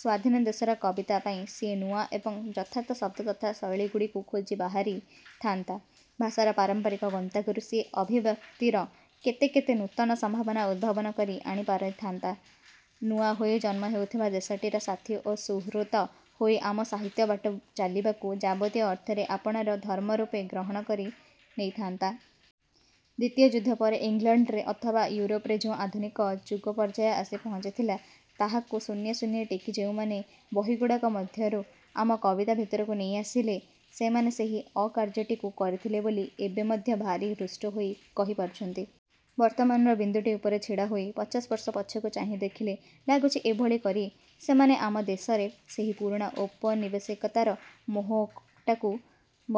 ସ୍ଵାଧୀନ ଦେଶର କବିତା ପାଇଁ ସିଏ ନୂଆ ଏବଂ ଯଥାର୍ଥ ଶବ୍ଦ ତଥା ଶୈଳୀଗୁଡ଼ିକୁ ଖୋଜି ବାହାରିଥାନ୍ତା। ଭାଷାର ପାରମ୍ପରିକ ଗନ୍ତାଘରୁ ସିଏ ଅଭିବ୍ୟକ୍ତିର କେତେ କେତେ ନୂତନ ସମ୍ଭାବନା ଉଦ୍ଭାବନ କରି ଆଣି ପାରିଥାନ୍ତା। ନୂଆ ହୋଇ ଜନ୍ମ ହେଉଥିବା ଦେଶଟିର ସାଥୀ ଓ ସୁହୃତ ହୋଇ ଆମ ସାହିତ୍ୟ ବାଟ ଚାଲିବାକୁ ଯାବତୀୟ ଅର୍ଥରେ ଆପଣାର ଧର୍ମରୂପେ ଗ୍ରହଣ କରି ନେଇଥାନ୍ତା। ଦ୍ଵିତୀୟ ଯୁଦ୍ଧ ପରେ ଇଂଲଣ୍ଡରେ ଅଥବା ଇଉରୋପରେ ଯେଉଁ ଆଧୁନିକ ଯୁଗପର୍ଯ୍ୟାୟ ଆସି ପହଞ୍ଚିଥିଲା ତାହାକୁ ଶୂନ୍ୟେ ଶୂନ୍ୟେ ଟେକି ଯେଉଁମାନେ ବହିଗୁଡ଼ାକ ମଧ୍ୟରୁ ଆମ କବିତା ଭିତରକୁ ନେଇ ଆସିଲେ, ସେମାନେ ସେହି ଅକାର୍ଯ୍ୟଟିକୁ କରିଥିଲେ ବୋଲି ଏବେ ମଧ୍ୟ ଭାରି ହୃଷ୍ଟ ହୋଇ କହି ପାରୁଛନ୍ତି। ବର୍ତ୍ତମାନର ବିନ୍ଦୁଟି ଉପରେ ଛିଡ଼ାହୋଇ ପଚାଶବର୍ଷ ପଛକୁ ଚାହିଁ ଦେଖିଲେ ଲାଗୁଛି ଏଭଳି କରି ସେମାନେ ଆମ ଦେଶରେ ସେହି ପୁରୁଣା ଔପନିବେଶିକତାର ମୋହଟାକୁ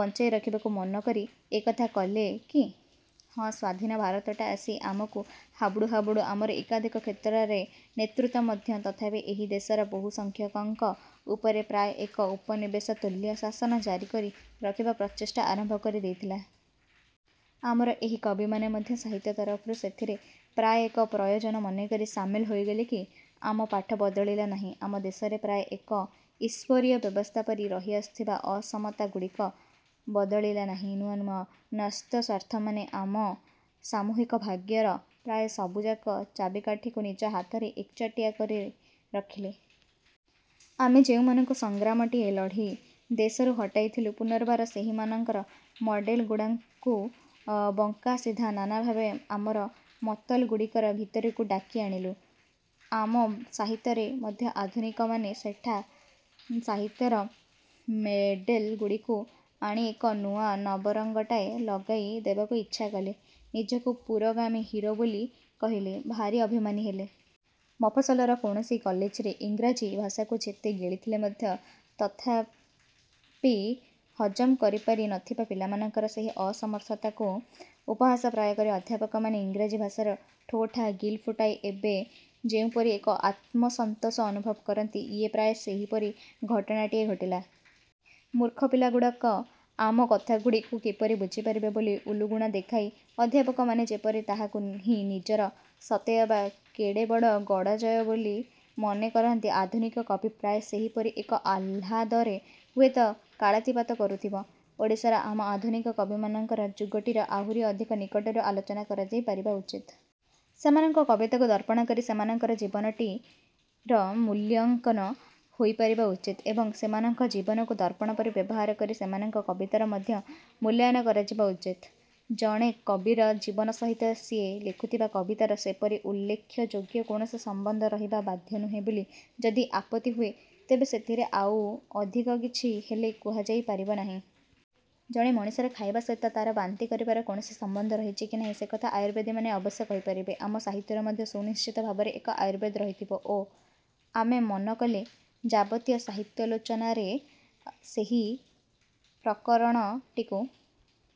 ବଞ୍ଚାଇ ରଖିବାକୁ ମନ କରି ଏକଥା କଲେ କି? ହଁ ସ୍ୱାଧୀନ ଭାରତଟା ଆସି ଆମକୁ ହାବୁଡୁ ହାବୁଡୁ ଆମର ଏକାଧିକ କ୍ଷେତ୍ରରେ ନେତୃତ୍ଵ ମଧ୍ୟ ତଥାପି ଏହି ଦେଶର ବହୁସଂଖ୍ୟକଙ୍କ ଉପରେ ପ୍ରାୟ ଏକ ଉପନିବେଶତୁଲ୍ୟ ଶାସନ ଜାରି କରି ରଖିବା ପ୍ରଚେଷ୍ଟା ଆରମ୍ଭ କରି ଦେଇଥିଲା। ଆମର ଏହି କବିମାନେ ମଧ୍ୟ ସାହିତ୍ୟ ତରଫରୁ ସେଥିରେ ପ୍ରାୟ ଏକ ପ୍ରୟୋଜନ ମନେକରି ସାମିଲ ହୋଇଗଲେ କି? ଆମ ପାଠ ବଦଳିଲା ନାହିଁ। ଆମ ଦେଶରେ ପ୍ରାୟ ଏକ ଈଶ୍ୱରୀୟ ବ୍ୟବସ୍ଥା ପରି ରହି ଆସୁଥିବା ଅସମତାଗୁଡ଼ିକ ବଦଳିଲା ନାହିଁ, ନୂଆ ନୂଆ ନ୍ୟସ୍ତସ୍ୱାର୍ଥମାନେ ଆମ ସାମୂହିକ ଭାଗ୍ୟର ପ୍ରାୟ ସବୁଯାକ ଚାବିକାଠିକୁ ନିଜ ହାତରେ ଏକଚାଟିଆ କରି ରଖିଲେ। ଆମେ ଯେଉଁମାନଙ୍କୁ ସଂଗ୍ରାମଟିଏ ଲଢ଼ି ଦେଶରୁ ହଟାଇଥିଲୁ, ପୁନର୍ବାର ସେହିମାନଙ୍କର ମଡ଼େଲଗୁଡ଼ାକୁ ବଙ୍କା ସିଧା ନାନାଭାବେ ଆମର ମତଲଗୁଡ଼ିକର ଭିତରକୁ ଡାକି ଆଣିଲୁ। ଆମ ସାହିତ୍ୟରେ ମଧ୍ୟ ଆଧୁନିକମାନେ ସେଠା ସାହିତ୍ୟର ମେଡ଼େଲଗୁଡ଼ିକୁ ଆଣି ଏକ ନୂଆ ନବରଙ୍ଗଟାଏ ଲଗାଇ ଦେବାକୁ ଇଚ୍ଛା କଲେ। ନିଜକୁ ପୁରୋଗାମୀ ହିରୋ ବୋଲି କହିଲେ, ଭାରି ଅଭିମାନୀ ହେଲେ। ମଫସଲର କୌଣସି କଲେଜରେ ଇଂରାଜୀ ଭାଷାକୁ ଯେତେ ଗିଳିଥିଲେ ମଧ୍ୟ ତଥାପି ହଜମ କରିପାରି ନଥିବା ପିଲାମାନଙ୍କର ସେହି ଅସମର୍ଥତାକୁ ଉପହାସପ୍ରାୟ କରି ଅଧ୍ୟାପକମାନେ ଇଂରାଜୀ ଭାଷାର ଠୋ ଠା ଗିଲ ଫୁଟାଇ ଏବେ ଯେଉଁପରି ଏକ ଆତ୍ମସନ୍ତୋଷ ଅନୁଭବ କରନ୍ତି, ଇଏ ପ୍ରାୟ ସେହିପରି ଘଟଣାଟିଏ ଘଟିଲା। ମୂର୍ଖ ପିଲାଗୁଡ଼ାକ ଆମ କଥାଗୁଡ଼ିକୁ କିପରି ବୁଝିପାରିବେ ବୋଲି ଉଲୁଗୁଣା ଦେଖାଇ ଅଧ୍ୟାପକମାନେ ଯେପରି ତାହାକୁ ହିଁ ନିଜର ସତେଅବା କେଡ଼େବଡ଼ ଗଡ଼ଜୟ ବୋଲି ମନେ କରନ୍ତି, ଆଧୁନିକ କବି ପ୍ରାୟ ସେହିପରି ଏକ ଆହ୍ଲାଦରେ ହୁଏତ କାଳାତିପାତ କରୁଥିବ। ଓଡ଼ିଶାର ଆମ ଆଧୁନିକ କବିମାନଙ୍କର ଯୁଗଟିର ଆହୁରି ଅଧିକ ନିକଟରୁ ଆଲୋଚନା କରାଯାଇ ପାରିବା ଉଚିତ। ସେମାନଙ୍କ କବିତାକୁ ଦର୍ପଣ କରି ସେମାନଙ୍କର ଜୀବନଟିର ମୂଲ୍ୟାଙ୍କନ ହୋଇପାରିବା ଉଚିତ୍ ଏବଂ ସେମାନଙ୍କ ଜୀବନକୁ ଦର୍ପଣ ପରି ବ୍ୟବହାର କରି ସେମାନଙ୍କ କବିତାର ମଧ୍ୟ ମୂଲ୍ୟାୟନ କରାଯିବା ଉଚିତ୍। ଜଣେ କବିର ଜୀବନ ସହିତ ସିଏ ଲେଖୁଥିବା କବିତାର ସେପରି ଉଲ୍ଲେଖଯୋଗ୍ୟ କୌଣସି ସମ୍ବନ୍ଧ ରହିବା ବାଧ୍ୟ ନୁହେଁ ବୋଲି ଯଦି ଆପତ୍ତି ହୁଏ, ତେବେ ସେଥିରେ ଆଉ ଅଧିକ କିଛି ହେଲେ କୁହାଯାଇ ପାରିବ ନାହିଁ। ଜଣେ ମଣିଷର ଖାଇବା ସହିତ ତାର ବାନ୍ତି କରିବାର କୌଣସି ସମ୍ବନ୍ଧ ରହିଛି କି ନାହିଁ, ସେକଥା ଆୟୁର୍ବେଦୀମାନେ ଅବଶ୍ୟ କହିପାରିବେ। ଆମ ସାହିତ୍ୟର ମଧ୍ୟ ସୁନିଶ୍ଚିତ ଭାବରେ ଏକ ଆୟୁର୍ବେଦ ରହିଥିବ ଓ ଆମେ ମନ କଲେ ଯାବତୀୟ ସାହିତ୍ୟାଲୋଚନାରେ ସେହି ପ୍ରକରଣଟିକୁ